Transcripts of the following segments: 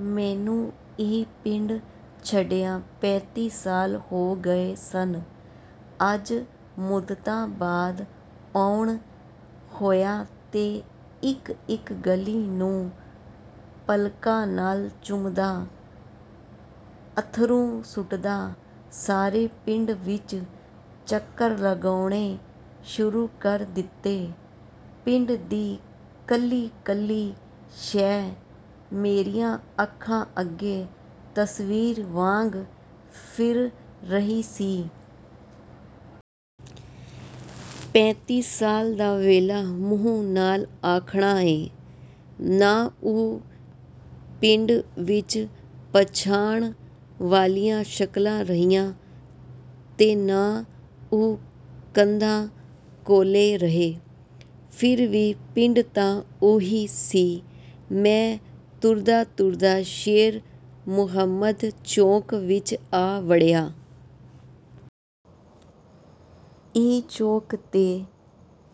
ਮੈਨੂੰ ਇਹ ਪਿੰਡ ਛੱਡਿਆਂ ਪੈਂਤੀ ਸਾਲ ਹੋ ਗਏ ਸਨ। ਅੱਜ ਮੁੱਦਤਾਂ ਬਾਅਦ ਆਉਣਾ ਹੋਇਆ ਤੇ ਇਕ-ਇਕ ਗਲੀ ਨੂੰ ਪਲਕਾਂ ਨਾਲ ਚੁੰਮਦਾ, ਅੱਥਰੂ ਸੁੱਟਦਾ, ਸਾਰੇ ਪਿੰਡ ਵਿਚ ਚੱਕਰ ਲਾਉਣੇ ਸ਼ੁਰੂ ਕਰ ਦਿੱਤੇ। ਪਿੰਡ ਦੀ ਕੱਲੀ-ਕੱਲੀ ਸ਼ੈਅ ਮੇਰੀਆਂ ਅੱਖਾਂ ਅੱਗੇ ਤਸਵੀਰ ਵਾਂਗ ਫਿਰ ਰਹੀ ਸੀ। ਪੈਂਤੀ ਸਾਲ ਦਾ ਵੇਲਾ ਮੂੰਹ ਨਾਲ ਆਖਣਾ ਏ। ਨਾ ਉਹ ਪਿੰਡ ਵਿਚ ਪਛਾਣ ਵਾਲੀਆਂ ਸ਼ਕਲਾਂ ਰਹੀਆਂ ਤੇ ਨਾ ਉਹ ਕੰਧਾਂ-ਕੌਲੇ ਰਹੇ, ਫਿਰ ਵੀ ਪਿੰਡ ਤਾਂ ਉਹੀ ਸੀ। ਮੈਂ ਤੁਰਦਾ-ਤੁਰਦਾ ਸ਼ੇਰ ਮੁਹੰਮਦ ਚੌਕ ਵਿਚ ਆ ਵੜਿਆ। ਇਹ ਚੌਕ ਤੇ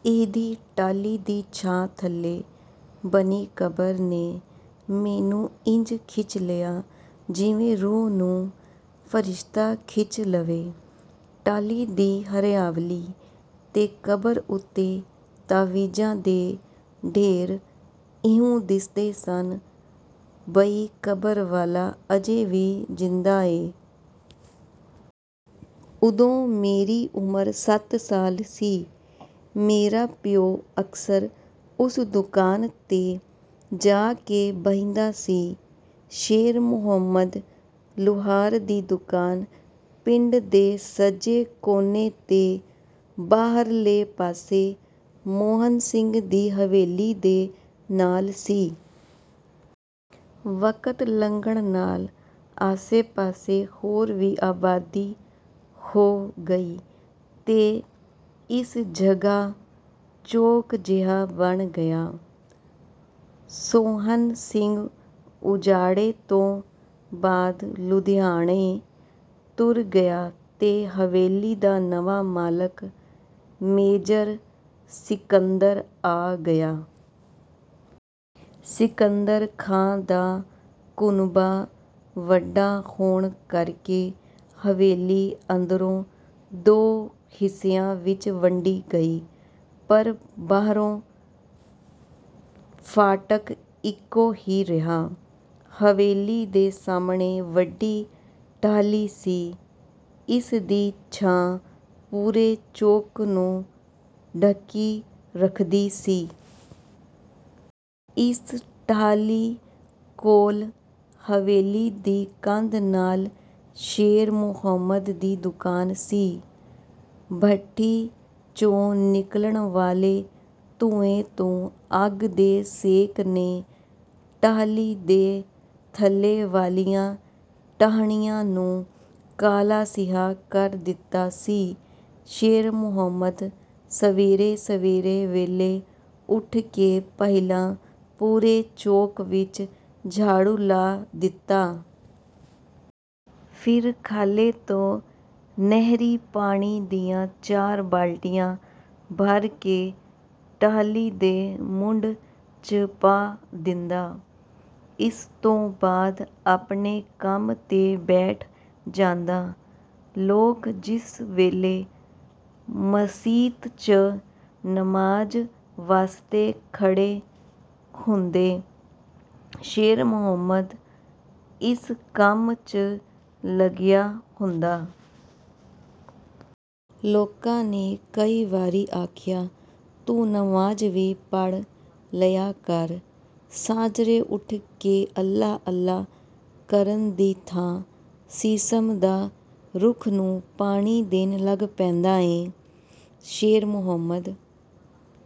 ਇਹਦੀ ਟਾਹਲੀ ਦੀ ਛਾਂ ਥੱਲੇ ਬਣੀ ਕਬਰ ਨੇ ਮੈਨੂੰ ਇੰਜ ਖਿੱਚ ਲਿਆ, ਜਿਵੇਂ ਰੂਹ ਨੂੰ ਫਰਿਸ਼ਤਾ ਖਿੱਚ ਲਵੇ। ਟਾਹਲੀ ਦੀ ਹਰਿਆਵਲੀ ਤੇ ਕਬਰ ਉੱਤੇ ਤਾਵੀਜ਼ਾਂ ਦੇ ਢੇਰ ਇਉਂ ਦਿਸਦੇ ਸਨ, ਬਈ ਕਬਰ ਵਾਲਾ ਅਜੇ ਵੀ ਜ਼ਿੰਦਾ ਏ। ਉਦੋਂ ਮੇਰੀ ਉਮਰ ਸੱਤ ਸਾਲ ਸੀ। ਮੇਰਾ ਪਿਓ ਅਕਸਰ ਉਸ ਦੁਕਾਨ 'ਤੇ ਜਾ ਕੇ ਬਹਿੰਦਾ ਸੀ। ਸ਼ੇਰ ਮੁਹੰਮਦ ਲੁਹਾਰ ਦੀ ਦੁਕਾਨ ਪਿੰਡ ਦੇ ਸੱਜੇ ਕੋਨੇ 'ਤੇ, ਬਾਹਰਲੇ ਪਾਸੇ, ਮੋਹਨ ਸਿੰਘ ਦੀ ਹਵੇਲੀ ਦੇ ਨਾਲ ਸੀ। ਵਕਤ ਲੰਘਣ ਨਾਲ ਆਸੇ-ਪਾਸੇ ਹੋਰ ਵੀ ਆਬਾਦੀ ਹੋ ਗਈ ਤੇ ਇਸ ਜਗ੍ਹਾ ਚੌਕ ਜਿਹਾ ਬਣ ਗਿਆ। ਮੋਹਨ ਸਿੰਘ ਉਜਾੜੇ ਤੋਂ ਬਾਅਦ ਲੁਧਿਆਣੇ ਤੁਰ ਗਿਆ ਤੇ ਹਵੇਲੀ ਦਾ ਨਵਾਂ ਮਾਲਕ ਮੇਜਰ ਸਿਕੰਦਰ ਆ ਗਿਆ। ਸਿਕੰਦਰ ਖਾਂ ਦਾ ਕੁਨਬਾ ਵੱਡਾ ਹੋਣ ਕਰਕੇ ਹਵੇਲੀ ਅੰਦਰੋਂ ਦੋ ਹਿੱਸਿਆਂ ਵਿਚ ਵੰਡੀ ਗਈ, ਪਰ ਬਾਹਰੋਂ ਫਾਟਕ ਇਕੋ ਹੀ ਰਿਹਾ। ਹਵੇਲੀ ਦੇ ਸਾਹਮਣੇ ਵੱਡੀ ਟਾਹਲੀ ਸੀ। ਇਸ ਦੀ ਛਾਂ ਪੂਰੇ ਚੌਕ ਨੂੰ ਢਕੀ ਰੱਖਦੀ ਸੀ। ਇਸ ਟਾਹਲੀ ਕੋਲ ਹਵੇਲੀ ਦੀ ਕੰਧ ਨਾਲ ਸ਼ੇਰ ਮੁਹੰਮਦ ਦੀ ਦੁਕਾਨ ਸੀ। ਭੱਠੀ 'ਚੋਂ ਨਿਕਲਣ ਵਾਲੇ ਧੂੰਏਂ ਤੇ ਅੱਗ ਦੇ ਸੇਕ ਨੇ ਟਾਹਲੀ ਦੇ ਥੱਲੇ ਵਾਲੀਆਂ ਟਾਹਣੀਆਂ ਨੂੰ ਕਾਲਾ-ਸਿਆਹ ਕਰ ਦਿੱਤਾ ਸੀ। ਸ਼ੇਰ ਮੁਹੰਮਦ ਸਵੇਰੇ ਸਵੇਰੇ ਵੇਲੇ ਉੱਠ ਕੇ ਪਹਿਲਾਂ ਪੂਰੇ ਚੌਕ ਵਿਚ ਝਾੜੂ ਲਾ ਦਿੰਦਾ। ਫਿਰ ਖਾਲੇ ਤੋਂ ਨਹਿਰੀ ਪਾਣੀ ਦੀਆਂ ਚਾਰ ਬਾਲਟੀਆਂ ਭਰ ਕੇ ਟਾਹਲੀ ਦੇ ਮੁੱਢ 'ਚ ਪਾ ਦਿੰਦਾ। ਇਸ ਤੋਂ ਬਾਅਦ ਆਪਣੇ ਕੰਮ 'ਤੇ ਬੈਠ ਜਾਂਦਾ। ਲੋਕ ਜਿਸ ਵੇਲੇ ਮਸੀਤ 'ਚ ਨਮਾਜ਼ ਵਾਸਤੇ ਖੜ੍ਹੇ ਹੁੰਦੇ, ਸ਼ੇਰ ਮੁਹੰਮਦ ਇਸ ਕੰਮ 'ਚ ਲੱਗਿਆ ਹੁੰਦਾ। ਲੋਕਾਂ ਨੇ ਕਈ ਵਾਰੀ ਆਖਿਆ, ਤੂੰ ਨਮਾਜ਼ ਵੀ ਪੜ੍ਹ ਲਿਆ ਕਰ। ਸਾਝਰੇ ਉੱਠ ਕੇ ਅੱਲ੍ਹਾ-ਅੱਲ੍ਹਾ ਕਰਨ ਦੀ ਥਾਂ ਸ਼ੀਸ਼ਮ ਦਾ ਰੁੱਖ ਨੂੰ ਪਾਣੀ ਦੇਣ ਲੱਗ ਪੈਂਦਾ ਐਂ।" ਸ਼ੇਰ ਮੁਹੰਮਦ...